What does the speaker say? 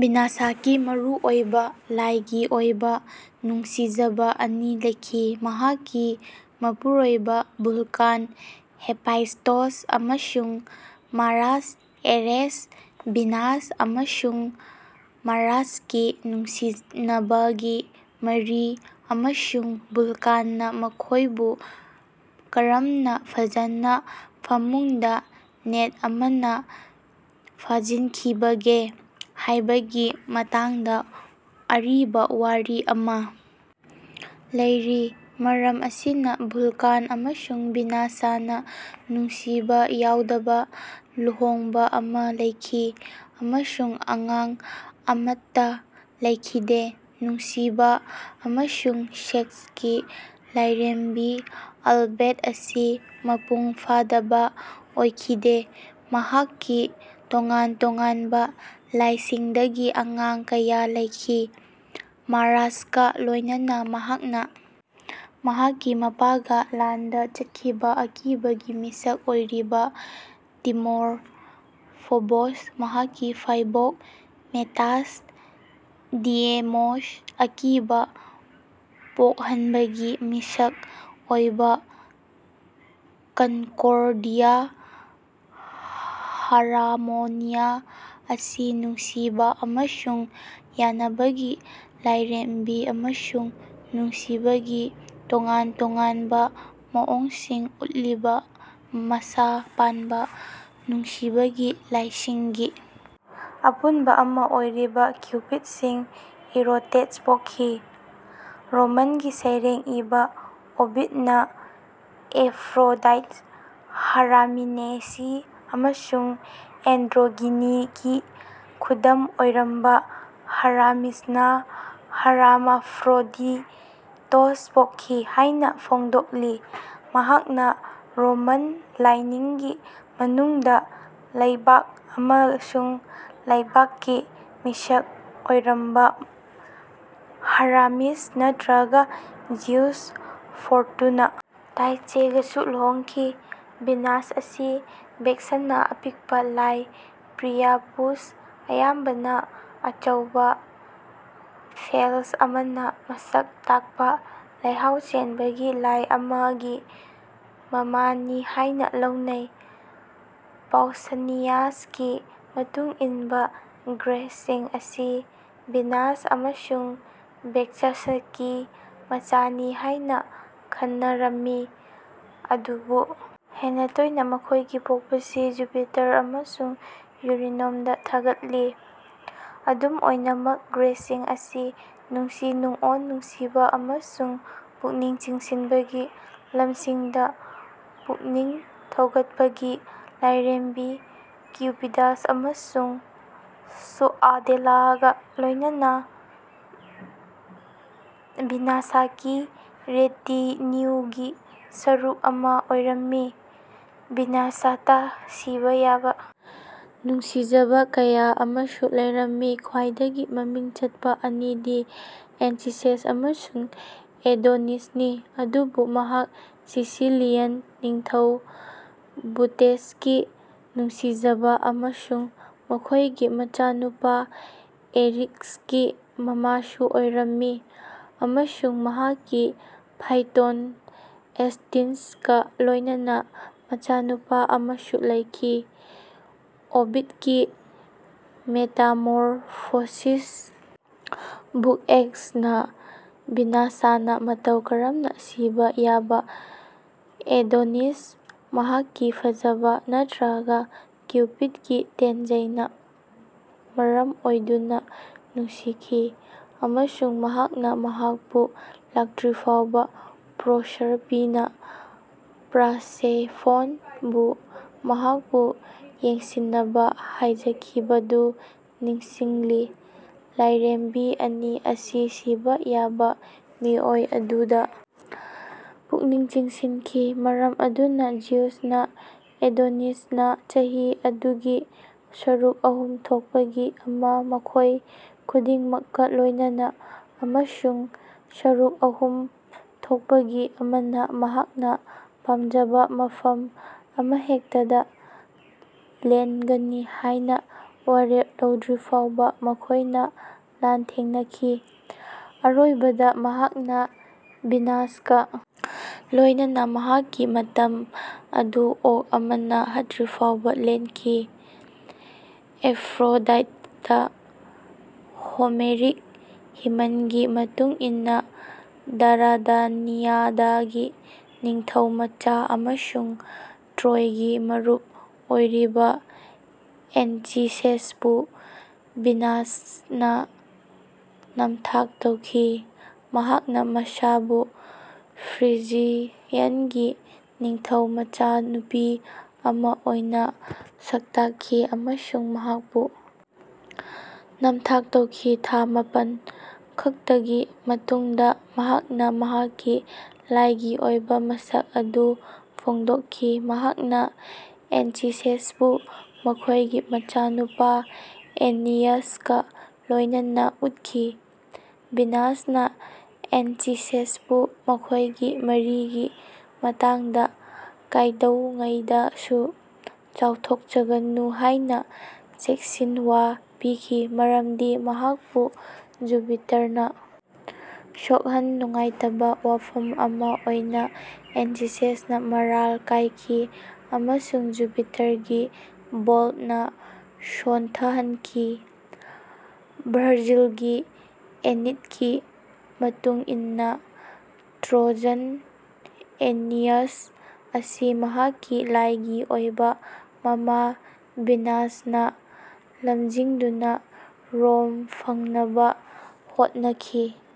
ꯚꯤꯅꯥꯁꯥꯀꯤ ꯃꯔꯨꯑꯣꯏꯕ ꯂꯥꯏꯒꯤ ꯑꯣꯏꯕ ꯅꯨꯡꯁꯤꯖꯕ ꯑꯅꯤ ꯂꯩꯈꯤ: ꯃꯍꯥꯛꯀꯤ ꯃꯄꯨꯔꯣꯏꯕ ꯚꯨꯜꯀꯥꯟ (ꯍꯦꯐꯥꯏꯁ꯭ꯇꯣꯁ) ꯑꯃꯁꯨꯡ ꯃꯥꯔ꯭ꯁ (ꯑꯦꯔꯦꯁ)꯫ ꯚꯤꯅꯁ ꯑꯃꯁꯨꯡ ꯃꯥꯔ꯭ꯁꯀꯤ ꯅꯨꯡꯁꯤꯅꯕꯒꯤ ꯃꯔꯤ ꯑꯃꯁꯨꯡ ꯚꯨꯜꯀꯥꯟꯅ ꯃꯈꯣꯏꯕꯨ ꯀꯔꯝꯅ ꯐꯖꯅ ꯐꯃꯨꯡꯗ ꯅꯦꯠ ꯑꯃꯅ ꯐꯥꯖꯤꯟꯈꯤꯕꯒꯦ ꯍꯥꯏꯕꯒꯤ ꯃꯇꯥꯡꯗ ꯑꯔꯤꯕ ꯋꯥꯔꯤ ꯑꯃ ꯂꯩꯔꯤ꯫ ꯃꯔꯝ ꯑꯁꯤꯅ ꯚꯨꯜꯀꯥꯟ ꯑꯃꯁꯨꯡ ꯚꯤꯅꯥꯁꯥꯅ ꯅꯨꯡꯁꯤꯕ ꯌꯥꯎꯗꯕ ꯂꯨꯍꯣꯡꯕ ꯑꯃ ꯂꯩꯈꯤ ꯑꯃꯁꯨꯡ ꯑꯉꯥꯡ ꯑꯃꯠꯇ ꯂꯩꯈꯤꯗꯦ꯫ ꯅꯨꯡꯁꯤꯕ ꯑꯃꯁꯨꯡ ꯁꯦꯛꯁꯀꯤ ꯂꯥꯏꯔꯦꯝꯕꯤ ꯑꯜꯕꯦꯠ ꯑꯁꯤ ꯃꯄꯨꯡ ꯐꯥꯗꯕ ꯑꯣꯏꯈꯤꯗꯦ; ꯃꯍꯥꯛꯀꯤ ꯇꯣꯉꯥꯟ-ꯇꯣꯉꯥꯟꯕ ꯂꯥꯏꯁꯤꯡꯗꯒꯤ ꯑꯉꯥꯡ ꯀꯌꯥ ꯂꯩꯈꯤ꯫ ꯃꯥꯔ꯭ꯁꯀ ꯂꯣꯏꯅꯅ, ꯃꯍꯥꯛꯅ ꯃꯍꯥꯛꯀꯤ ꯃꯄꯥꯒ ꯂꯥꯟꯗ ꯆꯠꯈꯤꯕ ꯑꯀꯤꯕꯒꯤ ꯃꯤꯁꯛ ꯑꯣꯏꯔꯤꯕ ꯇꯤꯃꯣꯔ (ꯐꯣꯕꯣꯁ), ꯃꯍꯥꯛꯀꯤ ꯐꯥꯏꯕꯣꯛ ꯃꯦꯇꯁ (ꯗꯤꯑꯦꯃꯣꯁ) ꯑꯀꯤꯕ ꯄꯣꯛꯍꯟꯕꯒꯤ ꯃꯤꯁꯛ ꯑꯣꯏꯕ, ꯀꯟꯀꯣꯔꯗꯤꯌꯥ (ꯍꯥꯔꯥꯃꯣꯅꯤꯌꯥ) ꯑꯁꯤ ꯅꯨꯡꯁꯤꯕ ꯑꯃꯁꯨꯡ ꯌꯥꯅꯕꯒꯤ ꯂꯥꯏꯔꯦꯝꯕꯤ, ꯑꯃꯁꯨꯡ ꯅꯨꯡꯁꯤꯕꯒꯤ ꯇꯣꯉꯥꯟ-ꯇꯣꯉꯥꯟꯕ ꯃꯑꯣꯡꯁꯤꯡ ꯎꯠꯂꯤꯕ ꯃꯁꯥ ꯄꯥꯟꯕ ꯅꯨꯡꯁꯤꯕꯒꯤ ꯂꯥꯏꯁꯤꯡꯒꯤ ꯑꯄꯨꯟꯕ ꯑꯃ ꯑꯣꯏꯔꯤꯕ ꯀ꯭ꯌꯨꯄꯤꯠꯁꯤꯡ (ꯏꯔꯣꯇꯦꯁ) ꯄꯣꯛꯈꯤ꯫ꯔꯣꯃꯟꯒꯤ ꯁꯩꯔꯦꯡ ꯏꯕ ꯑꯣꯕꯤꯗꯅ ꯑꯦꯐ꯭ꯔꯣꯗꯥꯏꯠ ꯍꯔꯥꯃꯤꯅꯦꯁꯤ ꯑꯃꯁꯨꯡ ꯑꯦꯟꯗ꯭ꯔꯣꯒꯤꯅꯤꯒꯤ ꯈꯨꯗꯝ ꯑꯣꯏꯔꯝꯕ ꯍꯔꯥꯃꯤꯁꯅ ꯍꯥꯔꯃꯥꯐ꯭ꯔꯣꯗꯤꯇꯣꯁ ꯄꯣꯛꯈꯤ ꯍꯥꯏꯅ ꯐꯣꯡꯗꯣꯛꯂꯤ꯫ ꯃꯍꯥꯛꯅ ꯔꯣꯃꯟ ꯂꯥꯏꯅꯤꯡꯒꯤ ꯃꯅꯨꯡꯗ ꯂꯥꯏꯕꯛ ꯑꯃꯁꯨꯡ ꯂꯥꯏꯕꯛꯀꯤ ꯃꯤꯁꯛ ꯑꯣꯏꯔꯝꯕ ꯍꯔꯃꯤꯁ ꯅꯠꯇ꯭ꯔꯒ ꯖꯤꯎꯁ, ꯐꯣꯔꯇꯨꯅꯥ (ꯇꯥꯏꯆꯦ)ꯒꯁꯨ ꯂꯨꯍꯣꯡꯈꯤ꯫ ꯚꯤꯅꯁ ꯑꯁꯤ ꯕꯦꯛꯁꯥꯅ ꯑꯄꯤꯛꯄ ꯂꯥꯏ ꯄ꯭ꯔꯤꯌꯥꯄꯨꯁ (ꯑꯌꯥꯝꯕꯅ ꯑꯆꯧꯕ ꯐꯦꯂꯁ ꯑꯃꯅ ꯃꯁꯛ ꯇꯥꯛꯄ ꯂꯩꯍꯥꯎ ꯆꯦꯟꯕꯒꯤ ꯂꯥꯏ ꯑꯃ)ꯒꯤ ꯃꯃꯥꯅꯤ ꯍꯥꯏꯅ ꯂꯧꯅꯩ꯫ ꯄꯥꯎꯁꯥꯅꯤꯌꯥꯁꯀꯤ ꯃꯇꯨꯡ ꯏꯟꯕ, ꯒ꯭ꯔꯦꯁꯁꯤꯡ ꯑꯁꯤ ꯚꯤꯅꯁ ꯑꯃꯁꯨꯡ ꯕꯦꯛꯆꯥꯁꯀꯤ ꯃꯆꯥꯅꯤ ꯍꯥꯏꯅ ꯈꯟꯅꯔꯝꯃꯤ, ꯑꯗꯨꯕꯨ ꯍꯦꯟꯅ ꯇꯣꯏꯅ ꯃꯈꯣꯏꯒꯤ ꯄꯣꯛꯄꯁꯤ ꯖꯨꯄꯤꯇꯔ ꯑꯃꯁꯨꯡ ꯌꯨꯔꯤꯅꯣꯝꯗ ꯊꯥꯒꯠꯂꯤ꯫ ꯑꯗꯨꯝ ꯑꯣꯏꯅꯃꯛ, ꯒ꯭ꯔꯦꯁꯁꯤꯡ ꯑꯁꯤ ꯅꯨꯡꯁꯤ-ꯅꯨꯡꯑꯣꯟ, ꯅꯨꯡꯁꯤꯕ ꯑꯃꯁꯨꯡ ꯄꯨꯛꯅꯤꯡ ꯆꯤꯡꯁꯤꯟꯕꯒꯤ ꯂꯝꯁꯤꯡꯗ ꯄꯨꯛꯅꯤꯡ ꯊꯧꯒꯠꯄꯒꯤ ꯂꯥꯏꯔꯦꯝꯕꯤ ꯀ꯭ꯌꯨꯄꯤꯗ꯭ꯁ ꯑꯃꯁꯨꯡ ꯁꯨꯑꯗꯦꯂꯥꯒ ꯂꯣꯏꯅꯅ ꯚꯤꯅꯁꯀꯤ ꯔꯦꯇꯤꯅ꯭ꯌꯨꯒꯤ ꯁꯔꯨꯛ ꯑꯃ ꯑꯣꯏꯔꯝꯃꯤ꯫ ꯚꯤꯅꯥꯁꯥꯇ ꯁꯤꯕ ꯌꯥꯕ ꯅꯨꯡꯁꯤꯖꯕ ꯀꯌꯥ ꯑꯃꯁꯨ ꯂꯩꯔꯝꯃꯤ꯫ ꯈ꯭ꯋꯥꯏꯗꯒꯤ ꯃꯃꯤꯡ ꯆꯠꯄ ꯑꯅꯤꯗꯤ ꯑꯦꯟꯆꯤꯁꯦꯁ ꯑꯃꯁꯨꯡ ꯑꯦꯗꯣꯅꯤꯁꯅꯤ, ꯑꯗꯨꯕꯨ ꯃꯍꯥꯛ ꯁꯤꯁꯤꯂꯤꯌꯟ ꯅꯤꯡꯊꯧ ꯕꯨꯇꯦꯁꯀꯤ ꯅꯨꯡꯁꯤꯖꯕ ꯑꯃꯁꯨꯡ ꯃꯈꯣꯏꯒꯤ ꯃꯆꯥꯅꯨꯄꯥ ꯑꯦꯔꯤꯛꯁꯀꯤ ꯃꯃꯥꯁꯨ ꯑꯣꯏꯔꯝꯃꯤ, ꯑꯃꯁꯨꯡ ꯃꯍꯥꯛꯀꯤ ꯐꯥꯏꯊꯣꯟ, ꯑꯦꯁꯇꯤꯟꯁꯀ ꯂꯣꯏꯅꯅ ꯃꯆꯥꯅꯨꯄꯥ ꯑꯃꯁꯨ ꯂꯩꯈꯤ꯫ ꯑꯣꯕꯤꯠꯀꯤ ꯃꯦꯇꯥꯃꯣꯔꯐꯣꯁꯤꯁ (ꯕꯨꯛ ꯑꯦꯛꯁ)ꯅ ꯚꯤꯅꯁꯅ ꯃꯇꯧ ꯀꯔꯝꯅ ꯁꯤꯕ ꯌꯥꯕ ꯑꯦꯗꯣꯅꯤꯁ (ꯃꯍꯥꯛꯀꯤ ꯐꯖꯕ ꯅꯠꯇ꯭ꯔꯒ ꯀ꯭ꯌꯨꯄꯤꯗꯀꯤ ꯇꯦꯟꯖꯩꯅ ꯃꯔꯝ ꯑꯣꯏꯗꯨꯅ) ꯅꯨꯡꯁꯤꯈꯤ ꯑꯃꯁꯨꯡ ꯃꯍꯥꯛꯅ ꯃꯍꯥꯛꯄꯨ ꯂꯥꯛꯇ꯭ꯔꯤꯐꯥꯎꯕ ꯄ꯭ꯔꯣꯁꯔꯄꯤꯅꯥ (ꯄꯔꯁꯦꯐꯣꯟ)ꯕꯨ ꯃꯍꯥꯛꯄꯨ ꯌꯦꯡꯁꯤꯟꯅꯕ ꯍꯥꯏꯖꯈꯤꯕꯗꯨ ꯅꯤꯡꯁꯤꯡꯂꯤ꯫ ꯂꯥꯏꯔꯦꯝꯕꯤ ꯑꯅꯤ ꯑꯁꯤ ꯁꯤꯕ ꯌꯥꯕ ꯃꯤꯑꯣꯏ ꯑꯗꯨꯗ ꯄꯨꯛꯅꯤꯡ ꯆꯤꯡꯁꯤꯟꯈꯤ, ꯃꯔꯝ ꯑꯗꯨꯅ ꯖꯤꯎꯁꯅ ꯑꯦꯗꯣꯅꯤꯁꯅ ꯆꯍꯤ ꯑꯗꯨꯒꯤ ꯁꯔꯨꯛ ꯑꯍꯨꯝ ꯊꯣꯛꯄꯒꯤ ꯑꯃ ꯃꯈꯣꯏ ꯈꯨꯗꯤꯡꯃꯛꯀ ꯂꯣꯏꯅꯅ ꯑꯃꯁꯨꯡ ꯁꯔꯨꯛ ꯑꯍꯨꯝ ꯊꯣꯛꯄꯒꯤ ꯑꯃꯅ ꯃꯍꯥꯛꯅ ꯄꯥꯝꯖꯕ ꯃꯐꯝ ꯑꯃꯍꯦꯛꯇꯗ ꯂꯦꯟꯒꯅꯤ ꯍꯥꯏꯅ ꯋꯥꯔꯦꯞ ꯂꯧꯗ꯭ꯔꯤꯐꯥꯎꯕ ꯃꯈꯣꯏꯅ ꯂꯥꯟꯊꯦꯡꯅꯈꯤ꯫ ꯑꯔꯣꯏꯕꯗ, ꯃꯍꯥꯛꯅ ꯚꯤꯅꯁꯀ ꯂꯣꯏꯅꯅ ꯃꯍꯥꯛꯀꯤ ꯃꯇꯝ ꯑꯗꯨ ꯑꯣꯛ ꯑꯃꯅ ꯍꯥꯠꯇ꯭ꯔꯤꯐꯥꯎꯕ ꯂꯦꯟꯈꯤ꯫ ꯑꯦꯐ꯭ꯔꯣꯗꯥꯏꯠꯇ ꯍꯣꯃꯦꯔꯤꯛ ꯍꯤꯃꯟꯒꯤ ꯃꯇꯨꯡ ꯏꯟꯅ ꯗꯥꯔꯗꯥꯅꯤꯌꯥꯗꯒꯤ ꯅꯤꯡꯊꯧꯃꯆꯥ ꯑꯃꯁꯨꯡ ꯇ꯭ꯔꯣꯏꯒꯤ ꯃꯔꯨꯞ ꯑꯣꯏꯔꯤꯕ ꯑꯟꯆꯤꯁꯦꯁꯄꯨ ꯚꯤꯅꯁꯅ ꯅꯝꯊꯥꯛ ꯇꯧꯈꯤ꯫ ꯃꯍꯥꯛꯅ ꯃꯁꯥꯕꯨ ꯐ꯭ꯔꯤꯖꯤꯌꯟꯒꯤ ꯅꯤꯡꯊꯧ ꯃꯆꯥꯅꯨꯄꯤ ꯑꯃ ꯑꯣꯏꯅ ꯁꯛꯇꯥꯛꯈꯤ ꯑꯃꯁꯨꯡ ꯃꯍꯥꯛꯄꯨ ꯅꯝꯊꯥꯛ ꯇꯧꯈꯤ; ꯊꯥ ꯃꯥꯄꯟ ꯈꯛꯇꯒꯤ ꯃꯇꯨꯡꯗ ꯃꯍꯥꯛꯅ ꯃꯍꯥꯛꯀꯤ ꯂꯥꯏꯒꯤ ꯑꯣꯏꯕ ꯃꯁꯛ ꯑꯗꯨ ꯐꯣꯡꯗꯣꯛꯈꯤ꯫ ꯃꯍꯥꯛꯅ ꯑꯦꯟꯆꯤꯁꯦꯁꯄꯨ ꯃꯈꯣꯏꯒꯤ ꯃꯆꯥꯅꯨꯄꯥ ꯑꯦꯅꯤꯌꯥꯁꯀ ꯂꯣꯏꯅꯅ ꯎꯠꯈꯤ꯫ ꯚꯤꯅꯁꯅ ꯑꯦꯟꯆꯤꯁꯦꯁꯄꯨ ꯃꯈꯣꯏꯒꯤ ꯃꯔꯤꯒꯤ ꯃꯇꯥꯡꯗ ꯀꯩꯗꯧꯉꯩꯗꯁꯨ ꯆꯥꯎꯊꯣꯛꯆꯒꯅꯨ ꯍꯥꯏꯅ ꯆꯦꯛꯁꯤꯟꯋꯥ ꯄꯤꯈꯤ ꯃꯔꯝꯗꯤ ꯃꯍꯥꯛꯄꯨ ꯖꯨꯄꯤꯇꯔꯅ ꯁꯣꯛꯍꯟ ꯅꯨꯡꯉꯥꯏꯇꯕ ꯋꯥꯐꯝ ꯑꯃ ꯑꯣꯏꯅ, ꯑꯦꯟꯆꯤꯁꯦꯁꯅ ꯃꯔꯥꯜ ꯀꯥꯏꯈꯤ ꯑꯃꯁꯨꯡ ꯖꯨꯄꯤꯇꯔꯒꯤ ꯕꯣꯜꯠꯅ ꯁꯣꯟꯊꯍꯟꯈꯤ꯫ ꯚꯔꯖꯤꯜꯒꯤ ꯑꯦꯅꯤꯠꯀꯤ ꯃꯇꯨꯡ ꯏꯟꯅ ꯇ꯭ꯔꯣꯖꯥꯟ ꯑꯦꯅꯤꯌꯥꯁ ꯑꯁꯤ ꯃꯍꯥꯛꯀꯤ ꯂꯥꯏꯒꯤ ꯑꯣꯏꯕ ꯃꯃꯥ ꯚꯤꯅꯁꯅ ꯂꯝꯖꯤꯡꯗꯨꯅ ꯔꯣꯝ ꯐꯪꯅꯕ ꯍꯣꯠꯅꯈꯤ꯫